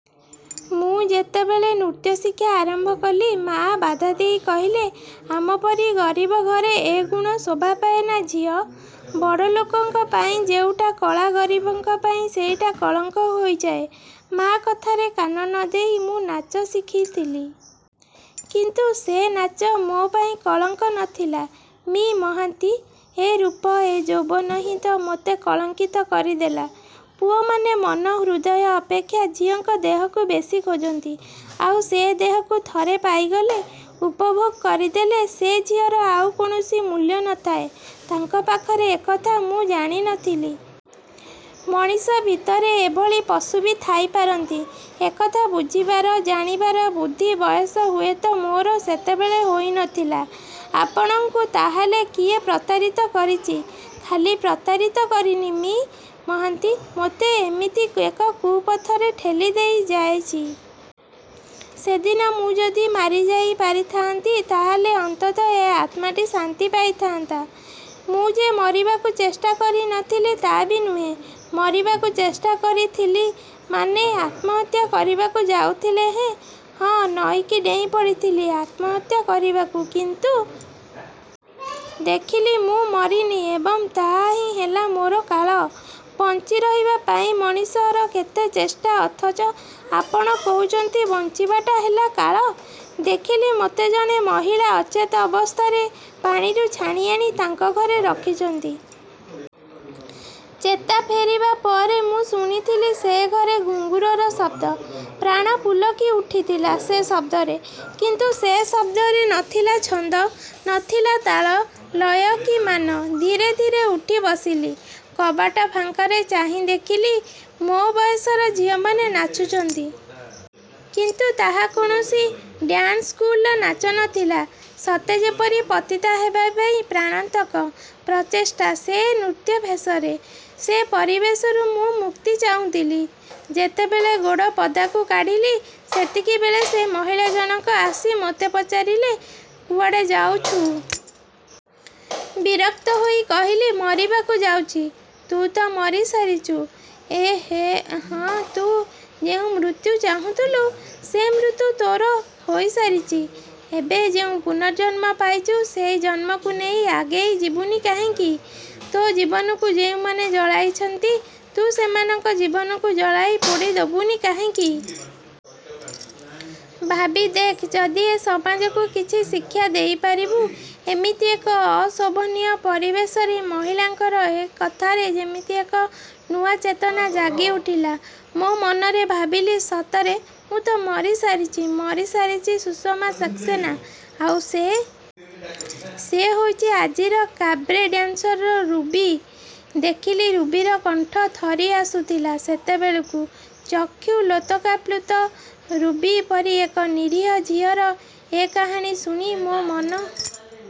ମୁଁ ଯେତେବେଳେ ନୃତ୍ୟଶିକ୍ଷା ଆରମ୍ଭ କଲି ମାଆ ବାଧା ଦେଇ କହିଲା-ଆମପରି ଗରିବ ଘରେ ଏ ଗୁଣ ଶୋଭା ପାଏନା ଝିଅ, ବଡ଼ ଲୋକଙ୍କ ପାଇଁ ଯେଉଁଟା କଳା ଗରିବଙ୍କ ପାଇଁ ସେଇଟା କଳଙ୍କ ହୋଇଯାଏ। ମାଆ କଥାରେ କାନ ନ ଦେଇ ମୁଁ ନାଚ ଶିଖିଥିଲି। କିନ୍ତୁ ସେ ନାଚ ମୋ' ପାଇଁ କଳଙ୍କ ନ ଥିଲା ମି: ମହାନ୍ତି। ଏ ରୂପ, ଏ ଯୌବନ ହିଁ ମୋତେ କଳଙ୍କିତ କରିଦେଲା। ପୁଅମାନେ ମନ, ହୃଦୟ ଅପେକ୍ଷା ଝିଅଙ୍କ ଦେହକୁ ବେଶୀ ଖୋଜନ୍ତି ଆଉ ସେ ଦେହକୁ ଥରେ ପାଇଗଲେ-ଉପଭୋଗ କରିଦେଲେ ସେ ଝିଅର ଆଉ କୌଣସି ମୂଲ୍ୟ ନଥାଏ ତାଙ୍କ ପାଖରେ-ଏ କଥା ମୁଁ ଜାଣି ନଥିଲି। ମଣିଷ ଭିତରେ ଏଭଳି ପଶୁ ବି ଥାଇ ପାରନ୍ତି ଏ କଥା ବୁଝିବାର, ଜାଣିବାର ବୁଦ୍ଧି ବୟସ ହୁଏତ ମୋର ସେତେବେଳେ ହୋଇନଥିଲା। 'ଆପଣଙ୍କୁ ତା'ହେଲେ କିଏ ପ୍ରତାରିତ କରିଛି ' 'ଖାଲି ପ୍ରତାରିତ କରିନି ମି: ମହାନ୍ତି ମୋତେ ଏମିତି ଏକ କୁପଥରେ ଠେଲି ଦେଇଯାଇଛି। ସେଦିନ ମୁଁ ଯଦି ମାରିଯାଇ ପାରିଥାନ୍ତି ତା'ହେଲେ ଅନ୍ତତଃ ଏ ଆତ୍ମାଟି ଶାନ୍ତି ପାଇଥାନ୍ତା। ମୁଁ ଯେ ମରିବାକୁ ଚେଷ୍ଟା କରିନଥିଲି ତା'ବି ନୁହେଁ। ମରିବାକୁ ଚେଷ୍ଟା କରିଥିଲେ ମାନେ ଆତ୍ମହତ୍ୟା କରିବାକୁ ଯାଉଥିଲେ? " 'ହଁ ନଈକୁ ଡେଇଁ ପଡ଼ିଥିଲି ଆତ୍ମହତ୍ୟା କରିବାକୁ କିନ୍ତୁ ଦେଖିଲି ମୁଁ ମରିନି ଏବଂ ତାହା ହିଁ ହେଲା ମୋର କାଳ। ' 'ବଞ୍ଚି ରହିବା ପାଇଁ ମଣିଷର କେତେ ଚେଷ୍ଟା ଅଥଚ ଆପଣ କହୁଛନ୍ତି ବଞ୍ଚିବାଟା ହେଲା କାଳ। ' ଦେଖିଲି ମୋତେ ଜଣେ ମହିଳା ଅଚେତ୍ ଅବସ୍ଥାରେ ପାଣିରୁ ଛାଣିଆଣି ତାଙ୍କ ଘରେ ରଖିଛନ୍ତି। ଚେତା ଫେରିବା ପରେ ମୁଁ ଶୁଣିଥିଲି ସେ ଘରେ ଘୁଙ୍ଗୁରର ଶବ୍ଦ। ପ୍ରାଣ ପୁଲକି ଉଠିଥିଲା ସେ ଶବ୍ଦରେ। କିନ୍ତୁ ସେ ଶବ୍ଦରେ ନ ଥିଲା ଛନ୍ଦ, ନଥିଲା ତାଳ, ଲୟ କି ମାନ। ଧୀରେ ଧୀରେ ଉଠି ବସିଲି। କବାଟ ଫାଙ୍କରେ ଚାହିଁ ଦେଖିଲି ମୋ' ବୟସର ଝିଅମାନେ ନାଚୁଛନ୍ତି। କିନ୍ତୁ ତାହା କୌଣସି। ଡାନ୍ସ ସ୍କୁଲର ନାଚ ନ ଥିଲା। ସତେ ଯେପରି ପତିତା ହେବାପାଇଁ ପ୍ରାଣାନ୍ତକ ପ୍ରଚେଷ୍ଟା ସେ ନୃତ୍ୟାଭ୍ୟାସରେ। ସେ ପରିବେଶରୁ ମୁଁ ମୁକ୍ତି ଚାହୁଁଥିଲି। ଯେତେବେଳେ ଗୋଡ଼ ପଦାକୁ କାଢ଼ିଲି ସେତିକିବେଳେ ସେ ମହିଳା ଜଣକ ଆସି ମୋତେ ପଚାରିଲା-କୁଆଡ଼େ ଯାଉଛୁ? ବିରକ୍ତ ହୋଇ କହିଲି-ମରିବାକୁ ଯାଉଛି। 'ତୁ ତ ମରି ସାରିଛୁ। " 'ଏଁ ' 'ହ, ତୁ ଯେଉଁ ମୃତ୍ୟୁ ଚାହିଁଥିଲୁ ସେ ମୃତ୍ୟୁ ତ ତୋର ହୋଇ ସାରିଛି ଏବେ ଯେଉଁ ପୂର୍ନଜନ୍ମ ପାଇଛୁ ସେଇ ଜନ୍ମକୁ ନେଇ ଆଗେଇ ଯିବୁନି କାହିଁକି? ତୋ ଜୀବନକୁ ଯେଉଁମାନେ ଜଳାଇଛନ୍ତି ତୁ ସେମାନଙ୍କ ଜୀବନକୁ ଜଳାଇ ପୋଡ଼ି ଦବୁନି କାହିଁକି? ଭାବି ଦେଖ୍-ଯଦି ଏ ସମାଜକୁ କିଛି ଶିକ୍ଷା ଦେଇପାରିବୁ। ' ଏମିତି ଏକ ଅଶୋଭନୀୟ ପରିବେଶରେ ମହିଳାଙ୍କର ଏ କଥାରେ ଯେମିତି ଏକ ନୂଆ ଚେତନା ଜାଗି ଉଠିଲା ମୋ' ମନରେ। ଭାବିଲେ-ସତରେ ମୁଁ ତ ମରି ସାରିଛି। ମରି ସାରିଛି ସୁଷମା ସାକ୍ସେନା। ଆଉ ସେ ସେ ହୋଇଛି ଆଜିର କାବ୍ରେ ଡାନ୍ସର ରୁବି। ଦେଖିଲି ରୁବିର କଣ୍ଠ ଥରି ଆସୁଥିଲା ସେତେବେଳକୁ। ଚକ୍ଷୁ ଲୋତକାପ୍ଲୁତ। ରୁବି ପରି ଏକ ନିରୀହା ଝିଅର ଏ କାହାଣୀ ଶୁଣି ମୋ' ମନ